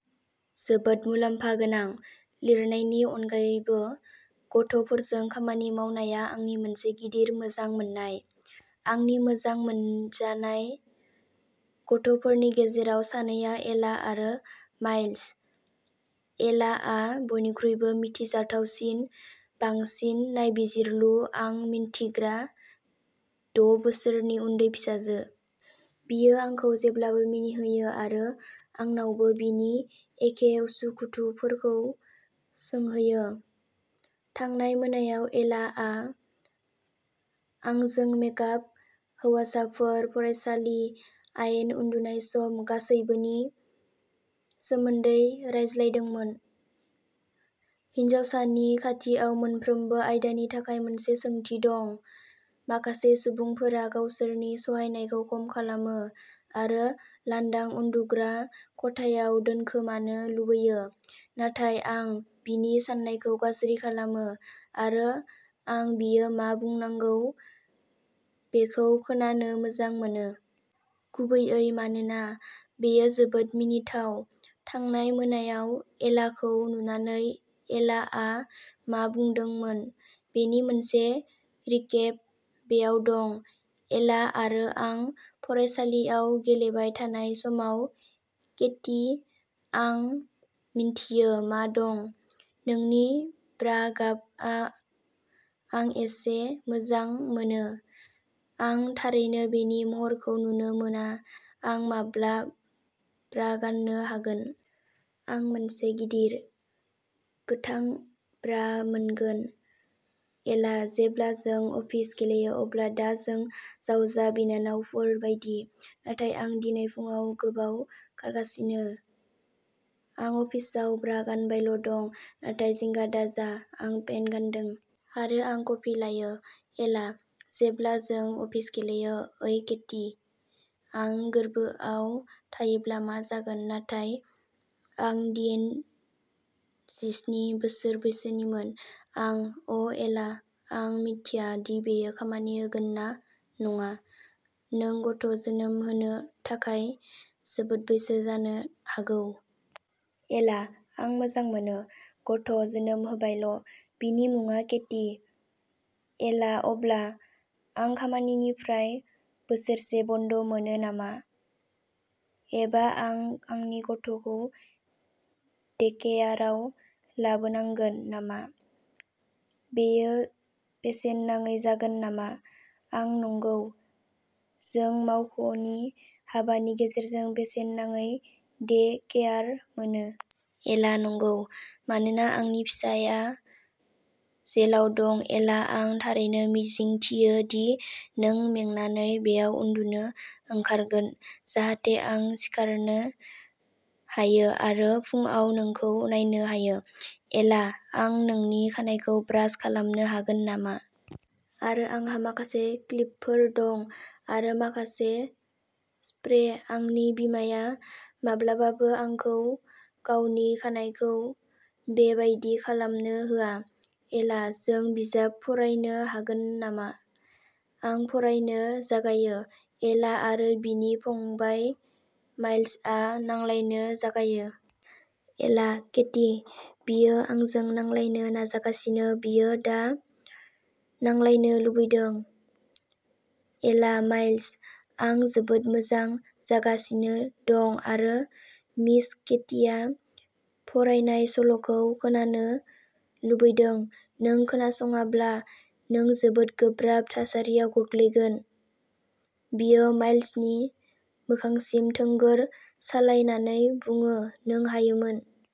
जोबोद मुलाम्फा गोनां। लिरनायनि अनगायैबो, गथ'फोरजों खामानि मावनाया आंनि मोनसे गिदिर मोजां मोन्नाय। आंनि मोजां मोनजानाय गथ'फोरनि गेजेराव सानैआ एला आरो माइल्स। एलाआ बयनिख्रुइबो मिनिथावसिन, बांसिन नायबिजिरलु आं मिन्थिग्रा द' बोसोरनि उन्दै फिसाजो। बियो आंखौ जेब्लाबो मिनिहोयो आरो आंनावबो बिनि एखे उसु खुथुफोरखौ सोंहोयो। थांनाय मोनायाव, एलाआ आंजों मेकआप, हौवासाफोर, फरायसालि, आयेन, उन्दुनाय सम, गासैबोनि सोमोन्दै रायज्लायदोंमोन। हिनजावसानि खाथियाव मोनफ्रोमबो आयदानि थाखाय मोनसे सोंथि दं। माखासे सुबुंफोरा गावसोरनि सहायनायखौ खम खालामो आरो लांदां उन्दुग्रा खथायाव दोनखोमानो लुबैयो, नाथाय आं बिनि साननायखौ गाज्रि खालामो आरो आं बियो मा बुंनांगौ बेखौ खोनानो मोजां मोनो। गुबैयै मानोना, बेयो जोबोद मिनिथाव। थांनाय मोनायाव एलाखौ नुनानै एलाआ मा बुंदोंमोन बेनि मोनसे रिकेप बेयाव दं। एला आरो आं फरायसालियाव गेलेबाय थानाय समाव केटी, आं मिन्थियो मा दं। नोंनि ब्रा गाबआ, आं एसे मोजां मोनो, आं थारैनो बेनि महरखौ नुनो मोना आं माब्ला ब्रा गान्नो हागोन? आं मोनसे गिदिर, गोथां ब्रा मोनगोन। एला, जेब्ला जों अफिस गेलेयो अब्ला दा जों जावजा बिनानावफोर बायदि, नाथाय आं दिनै फुंआव गोबाव खारगासिनो, आं अफिसाव ब्रा गानबायल' दं। नाथाय जिंगा दाजा, आं पेन्ट गानदों। आरो आं कफि लायो। एला, जेब्ला जों अफिस गेलेयो ओइ केटी, आं गोरबोआव थायोब्ला मा जागोन, नाथाय आं डियेनजिस्नि बोसोर बैसोनिमोन आं अ, एला, आं मिथिया दि बेयो खामानि होगोन ना नङा, नों गथ' जोनोम होनो थाखाय जोबोद बैसो जानो हागौ। एला आं मोजां मोनो, गथ' जोनोम होबायल'। बिनि मुङा केटी। एला अब्ला, आं खामानिनिफ्राय बोसोरसे बन्द मोनो नामा? एबा आं आंनि गथ'खौ डेकेयाराव लाबोनांगोन नामा? बेयो बेसेन नाङै जागोन नामा? आं नंगौ, जों मावख'नि हाबानि गेजेरजों बेसेन नाङै डे-केयार मोनो। एला नंगौ, मानोना आंनि फिसायआ जेलाव दं एला आं थारैनो मिजिंथियो दि नों मेंनानै बेयाव उन्दुनो ओंखारगोन जाहाथे आं सिखारनो हायो आरो फुंआव नोंखौ नायनो हायो। एला आं नोंनि खानाइखौ ब्रास खालामनो हागोन नामा? आरो आंहा माखासे क्लिपफोर दं आरो माखासे स्प्रे आंनि बिमाया माब्लाबाबो आंखौ गावनि खानाइखौ बे बायदि खालामनो होआ। एला जों बिजाब फरायनो हागोन नामा? आं फरायनो जागायो। एला आरो बिनि फंबाय, माइल्सआ नांलायनो जागायो। एला केटी, बियो आंजों नांलायनो नाजागासिनो बियो दा नांलायनो लुबैदों। एला माइल्स, आं जोबोद मोजां जागासिनो दं आरो मिस केटीया फरायनाय सल'खौ खोनानो लुबैदों, नों खोनासङाब्ला नों जोबोद गोब्राब थासारियाव गोग्लैगोन बियो माइल्सनि मोखांसिम थोंगोर सालायनानै बुङो नों हायोमोन।